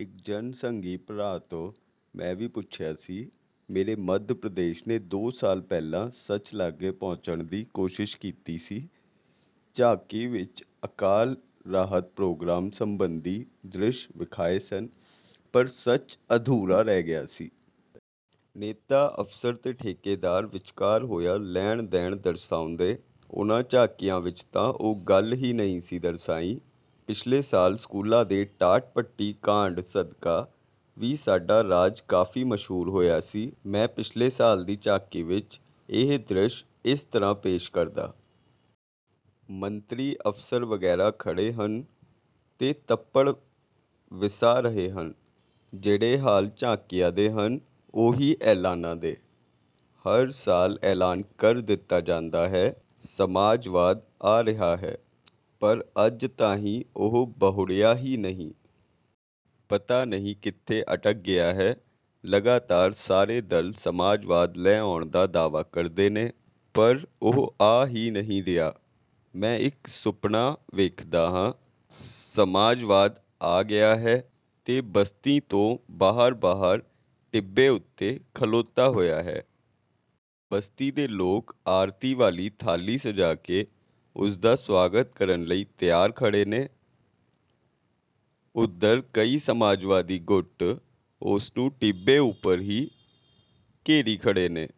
ਇਕ ਜਨਸੰਘੀ ਭਰਾ ਤੋਂ ਮੈਂ ਪੁੱਛਿਆ ਸੀ। ਮੇਰੇ ਮੱਧ-ਪ੍ਰਦੇਸ਼ ਨੇ ਦੋ ਸਾਲ ਪਹਿਲਾਂ ਸੱਚ ਲਾਗੇ ਪਹੁੰਚਣ ਦੀ ਕੋਸ਼ਿਸ਼ ਕੀਤੀ ਸੀ, ਝਾਕੀ ਵਿਚ ਅਕਾਲ ਰਾਹਤ ਪ੍ਰੋਗਰਾਮ ਸੰਬੰਧੀ ਦ੍ਰਿਸ਼ ਵਿਖਾਏ ਸਨ। ਪਰ ਸੱਚ ਅਧੂਰਾ ਰਹਿ ਗਿਆ ਸੀ। ਨੇਤਾ, ਅਫ਼ਸਰ ਤੇ ਠੇਕੇਦਾਰ ਵਿਚਕਾਰ ਹੋਇਆ ਲੈਣ-ਦੇਣ ਦਰਸਾਉਂਦੇ। ਉਹਨਾਂ ਝਾਕੀਆਂ ਵਿਚ ਤਾਂ ਉਹ ਗੱਲ ਹੀ ਨਹੀਂ ਸੀ ਦਰਸਾਈਂ। ਪਿਛਲੇ ਸਾਲ ਸਕੂਲਾਂ ਦੇ ਟਾਟ-ਪੱਟੀ ਕਾਂਢ ਸਦਕਾ ਵੀ ਸਾਡਾ ਰਾਜ ਕਾਫ਼ੀ ਮਸ਼ਹੂਰ ਹੋਇਆ ਸੀ। ਮੈਂ ਪਿਛਲੇ ਸਾਲ ਦੀ ਝਾਕੀ ਵਿਚ ਇਹ ਦ੍ਰਿਸ਼ ਇਸ ਤਰ੍ਹਾਂ ਪੇਸ਼ ਕਰਦਾ। ਮੰਤਰੀ, ਅਫ਼ਸਰ ਵਗ਼ੈਰਾ ਖੜ੍ਹੇ ਹਨ ਤੇ ਤੱਪੜ ਵਿਸਾ ਰਹੇ ਹਨ। ਜਿਹੜੇ ਹਾਲ ਝਾਕੀਆਂ ਦੇ ਹਨ, ਉਹੀ ਐਲਾਨਾ ਦੇ। ਹਰ ਸਾਲ ਐਲਾਨ ਕਰ ਦਿੱਤਾ ਜਾਂਦਾ ਹੈ, ਸਮਾਜਵਾਦ ਆ ਰਿਹਾ ਹੈ। ਪਰ ਅੱਜ ਤਾਈਂ ਉਹ ਬਹੁੜਿਆ ਹੀ ਨਹੀਂ। ਪਤਾ ਨਹੀਂ ਕਿੱਥੇ ਅਟਕ ਗਿਆ ਹੈ? ਲਗਾਤਾਰ ਸਾਰੇ ਦਲ ਸਮਾਜਵਾਦ ਲੈ ਆਉਣ ਦਾ ਦਾਅਵਾ ਕਰਦੇ ਨੇ, ਪਰ ਉਹ ਆ ਹੀ ਨਹੀਂ ਰਿਹਾ। ਮੈਂ ਇਕ ਸੁਪਨਾ ਵੇਖਦਾ ਹਾਂ: ਸਮਾਜਵਾਦ ਆ ਗਿਆ ਹੈ ਤੇ ਬਸਤੀ ਤੋਂ ਬਾਹਰ-ਬਾਹਰ ਟਿੱਬੇ ਉੱਤੇ ਖਲੋਤਾ ਹੋਇਆ ਹੈ। ਬਸਤੀ ਦੇ ਲੋਕ ਆਰਤੀ ਵਾਲੀ ਥਾਲੀ ਸਜਾ ਕੇ ਉਸਦਾ ਸਵਾਗਤ ਕਰਨ ਲਈ ਤਿਆਰ ਖੜ੍ਹੇ ਨੇ। ਉਧਰ ਕਈ ਸਮਾਜਵਾਦੀ ਗੁੱਟ ਉਸਨੂੰ ਟਿੱਬੇ ਉਪਰ ਹੀ ਘੇਰੀ ਖੜ੍ਹੇ ਨੇ।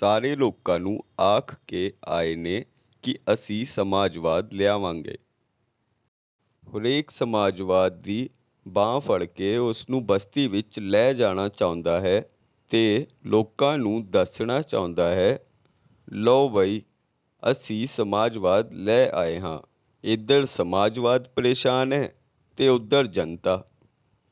ਸਾਰੇ ਲੋਕਾਂ ਨੂੰ ਆਖ ਕੇ ਆਏ ਨੇ ਕਿ ਅਸੀਂ ਸਮਾਜਵਾਦ ਲਿਆਵਾਂਗੇ। ਹਰੇਕ ਸਮਾਜਵਾਦ ਦੀ ਬਾਂਹ ਫੜ੍ਹ ਕੇ ਉਸਨੂੰ ਬਸਤੀ ਵਿਚ ਲੈ ਜਾਣਾ ਚਾਹੁੰਦਾ ਹੈ ਤੇ ਲੋਕਾਂ ਨੂੰ ਦੱਸਣਾ ਚਾਹੁੰਦਾ ਹੈ, 'ਲਓ ਬਈ ਅਸੀਂ ਸਮਾਜਵਾਦ ਲੈ ਆਏ ਹਾਂ। ' ਇਧਰ ਸਮਾਜਵਾਦ ਪ੍ਰੇਸ਼ਾਨ ਹੈ ਤੇ ਉਧਰ ਜੰਤਾ।